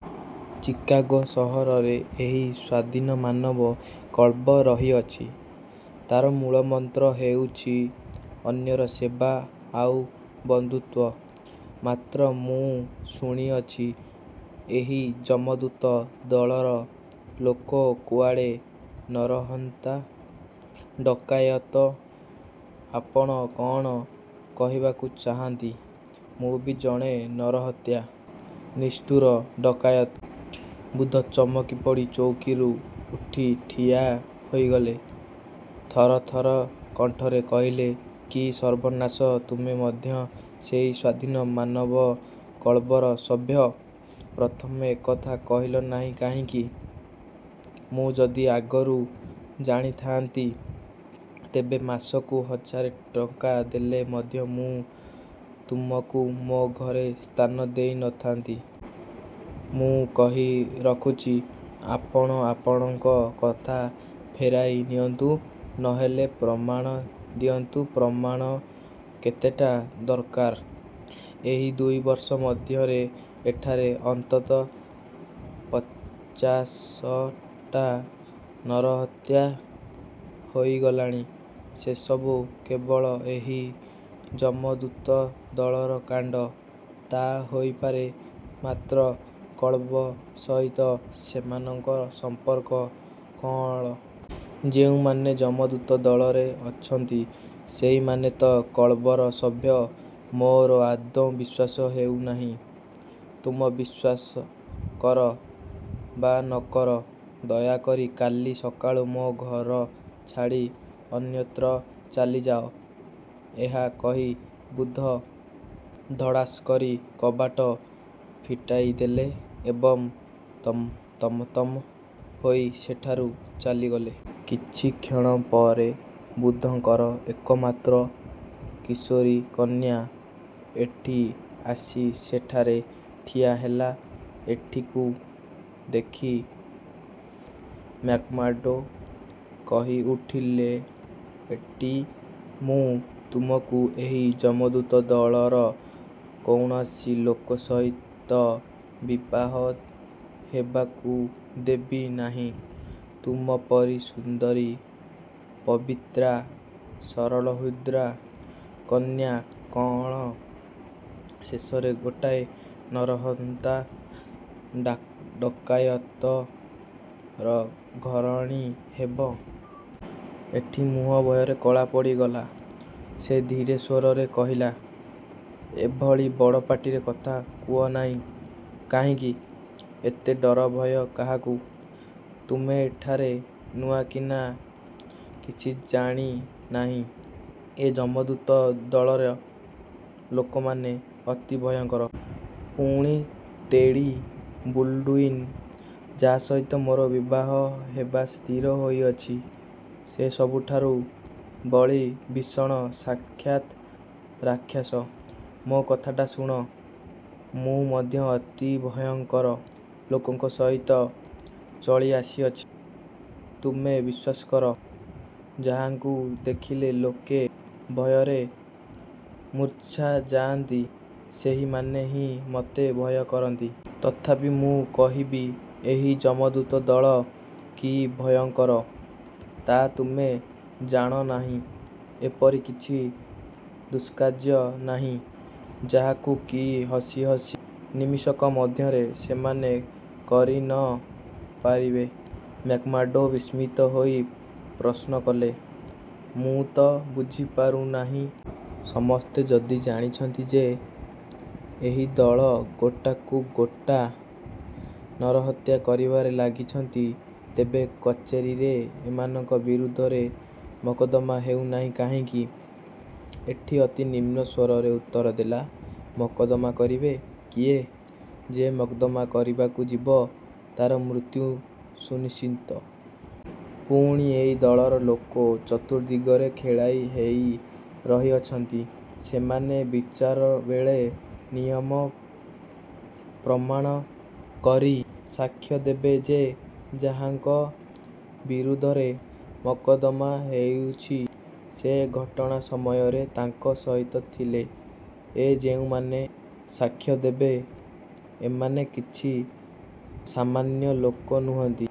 Chicago ସହରରେ ଏହି ସ୍ୱାଧୀନମାନବ କ୍ଳବ ରହିଅଛି। ତାର ମୂଳମନ୍ତ୍ର ହେଉଛି ଅନ୍ୟର ସେବା ଆଉ ବନ୍ଧୁତ୍ୱ। ମାତ୍ର ମୁଁ ଶୁଣିଅଛି, ଏହି ଯମଦୂତ ଦଳର ଲୋକ କୁଆଡ଼େ ନରହନ୍ତା, ଡକାୟତ। ଆପଣ କଅଣ କହିବାକୁ ଚାହାଁନ୍ତି, ମୁଁ ବି ଜଣେ ନରହତ୍ୟା, ନିଷ୍ଠୁର ଡକାୟତ! ବୃଦ୍ଧ ଚମକିପଡ଼ି ଚୌକିରୁ ଉଠି ଠିଆ ହୋଇଗଲେ। ଥରଥର କଣ୍ଠରେ କହିଲେ, କି ସର୍ବନାଶ ତୁମେ ମଧ୍ୟ ସେହି ସ୍ୱାଧୀନମାନବ କ୍ଳବର ସଭ୍ୟ? ପ୍ରଥମେ ଏକଥା କହିଲ ନାହିଁ କାହିଁକି? ମୁଁ ଯଦି ଆଗରୁ ଜାଣିଥାଆନ୍ତି, ତେବେ ମାସକୁ ହଜାରେ ଟଙ୍କା ଦେଲେ ମଧ୍ୟ ମୁଁ ତୁମକୁ ମୋ ଘରେ ସ୍ଥାନ ଦେଇ ନ ଥାନ୍ତି। ମୁଁ କହି ରଖୁଛି, ଆପଣ ଆପଣଙ୍କ କଥା ଫେରାଇ ନିଅନ୍ତୁ ନ ହେଲେ ପ୍ରମାଣ ଦିଅନ୍ତୁ ପ୍ରମାଣ କେତେଟା ଦରକାର? ଏହି ଦୁଇ ବର୍ଷ ମଧ୍ୟରେ ଏଠାରେ ଅନ୍ତତ ପଚାଶଟା ନରହତ୍ୟା ହୋଇଗଲାଣି। ସେସବୁ କେବଳ ଏହି ଯମଦୂତ ଦଳର କାଣ୍ଡ। ତା ହୋଇପାରେ। ମାତ୍ର କ୍ଳବ୍ ସହିତ ସେମାନଙ୍କ ସମ୍ପର୍କ କଅଣ? ଯେଉଁମାନେ ଯମଦୂତ ଦଳରେ ଅଛନ୍ତି, ସେହିମାନେ ତ କ୍ଳବର ସଭ୍ୟ। ମୋର ଆଦୌ ବିଶ୍ୱାସ ହେଉ ନାହିଁ। ତୁମେ ବିଶ୍ୱାସ କର ବା ନ କର, ଦୟା କରି କାଲି ସକାଳୁ ମୋ ଘର ଛାଡ଼ି ଅନ୍ୟତ୍ର ଚାଲିଯାଅ। ଏହା କହି ବୃଦ୍ଧ ଧଡ଼ାସ୍ କରି କବାଟ ଫିଟାଇଦେଲେ ଏବଂ ତମତମ ହୋଇ ସେଠାରୁ ଚାଲିଗଲେ। କିଛିକ୍ଷଣ ପରେ ବୃଦ୍ଧଙ୍କର ଏକମାତ୍ର କିଶୋରୀ କନ୍ୟା ଏଟ୍ଟି ଆସି ସେଠାରେ ଠିଆହେଲା। ଏଟ୍ଟିକୁ ଦେଖି ମ୍ୟାକ୍ମାର୍ଡ଼ୋ କହିଉଠିଲେ, ଏଟ୍ଟି, ମୁଁ ତୁମକୁ ଏହି ଯମଦୂତ ଦଳର କୌଣସି ଲୋକ ସହିତ ବିବାହ ହେବାକୁ ଦେବି ନାହିଁ। ତୁମ ପରି ସୁନ୍ଦରୀ, ପବିତ୍ରା, ସରଳହୁଦ୍ରା କନ୍ୟା କଅଣ ଶେଷରେ ଗୋଟାଏ ନରହନ୍ତା ଡ଼ା ଡକାୟତର ଘରଣୀ ହେବ? ଏଠି ମୁହଁ ଭୟରେ କଳା ପଡ଼ିଗଲା। ସେ ଧୀରେ ସ୍ୱରରେ କହିଲା, ଏଭଳି ବଡ଼ ପାଟିରେ କଥା କୁଅ ନାହିଁ। କାହିଁକି? ଏତେ ଡରଭୟ କାହାକୁ? ତୁମେ ଏଠାରେ ନୂଆ କି ନା, କିଛି ଜାଣି ନାହିଁ। ଏ ଯମଦୂତ ଦଳର ଲୋକମାନେ ଅତି ଭୟଙ୍କର। ପୁଣି ଟେଡ଼ି ବୁଲ୍ଡ଼ୁଇନ ଯାହା ସହିତ ମୋର ବିବାହ ହେବା ସ୍ଥିର ହୋଇଅଛି, ସେ ସବୁଠାରୁ ବଳି ଭୀଷଣ ସାକ୍ଷାତ୍ ରାକ୍ଷାସ। ମୋ କଥାଟା ଶୁଣ। ମୁଁ ମଧ୍ୟ ଅତି ଭୟଙ୍କର ଲୋକଙ୍କ ସହିତ ଚଳିଆସିଅଛି। ତୁମେ ବିଶ୍ୱାସ କର, ଯାହାଙ୍କୁ ଦେଖିଲେ ଲୋକେ ଭୟରେ ମୁର୍ଚ୍ଛା ଯାଆନ୍ତି, ସେହିମାନେ ହିଁ ମତେ ଭୟ କରନ୍ତି। ତଥାପି ମୁଁ କହିବି ଏହି ଯମଦୂତ ଦଳ କି ଭୟଙ୍କର, ତା ତୁମେ ଜାଣ ନାହିଁ। ଏପରି କିଛି ଦୁଷ୍କାର୍ଯ୍ୟ ନାହିଁ ଯାହାକୁ କି ହସିହସି ନିମିଷକ ମଧ୍ୟରେ ସେମାନେ କରି ନ ପାରିବେ। ମ୍ୟାକ୍ମାର୍ଡ଼ୋ ବିସ୍ମିତ ହୋଇ ପ୍ରଶ୍ନକଲେ, ମୁଁ ତ ବୁଝିପାରୁ ନାହିଁ। ସମସ୍ତେ ଯଦି ଜାଣନ୍ତି ଯେ ଏହି ଦଳ ଗୋଟାକୁ ଗୋଟା ନରହତ୍ୟା କରିବାରେ ଲାଗିଛନ୍ତି, ତେବେ କଚେରୀରେ ଏମାନଙ୍କ ବିରୁଦ୍ଧରେ ମକଦ୍ଦମା ହେଉ ନାହିଁ କାହିଁକି? ଏଟ୍ଟି ଅତି ନିମ୍ନ ସ୍ୱରରେ ଉତ୍ତରଦେଲା, ମକଦ୍ଦମା କରିବେ କିଏ? ଯେ ମକଦ୍ଦମା କରିବାକୁ ଯିବ, ତାର ମୃତ୍ୟୁ ସୁନିଶ୍ଚିତ। ପୁଣି ଏଇ ଦଳର ଲୋକ ଚତୁର୍ଦ୍ଦିଗରେ ଖେଳାଇ ହେଇ ରହିଅଛନ୍ତି। ସେମାନେ ବିଚାର ବେଳେ ନିୟମ ପ୍ରମାଣ କରି ସାକ୍ଷ୍ୟ ଦେବେ ଯେ ଯାହାଙ୍କ ବିରୁଦ୍ଧରେ ମକଦ୍ଦମା ହେଉଛି, ସେ ଘଟଣା ସମୟରେ ତାଙ୍କ ସହିତ ଥିଲେ। ଏ ଯେଉଁମାନେ ସାକ୍ଷ୍ୟ ଦେବେ, ଏମାନେ କିଛି ସାମନ୍ୟ ଲୋକ ନୁହଁନ୍ତି।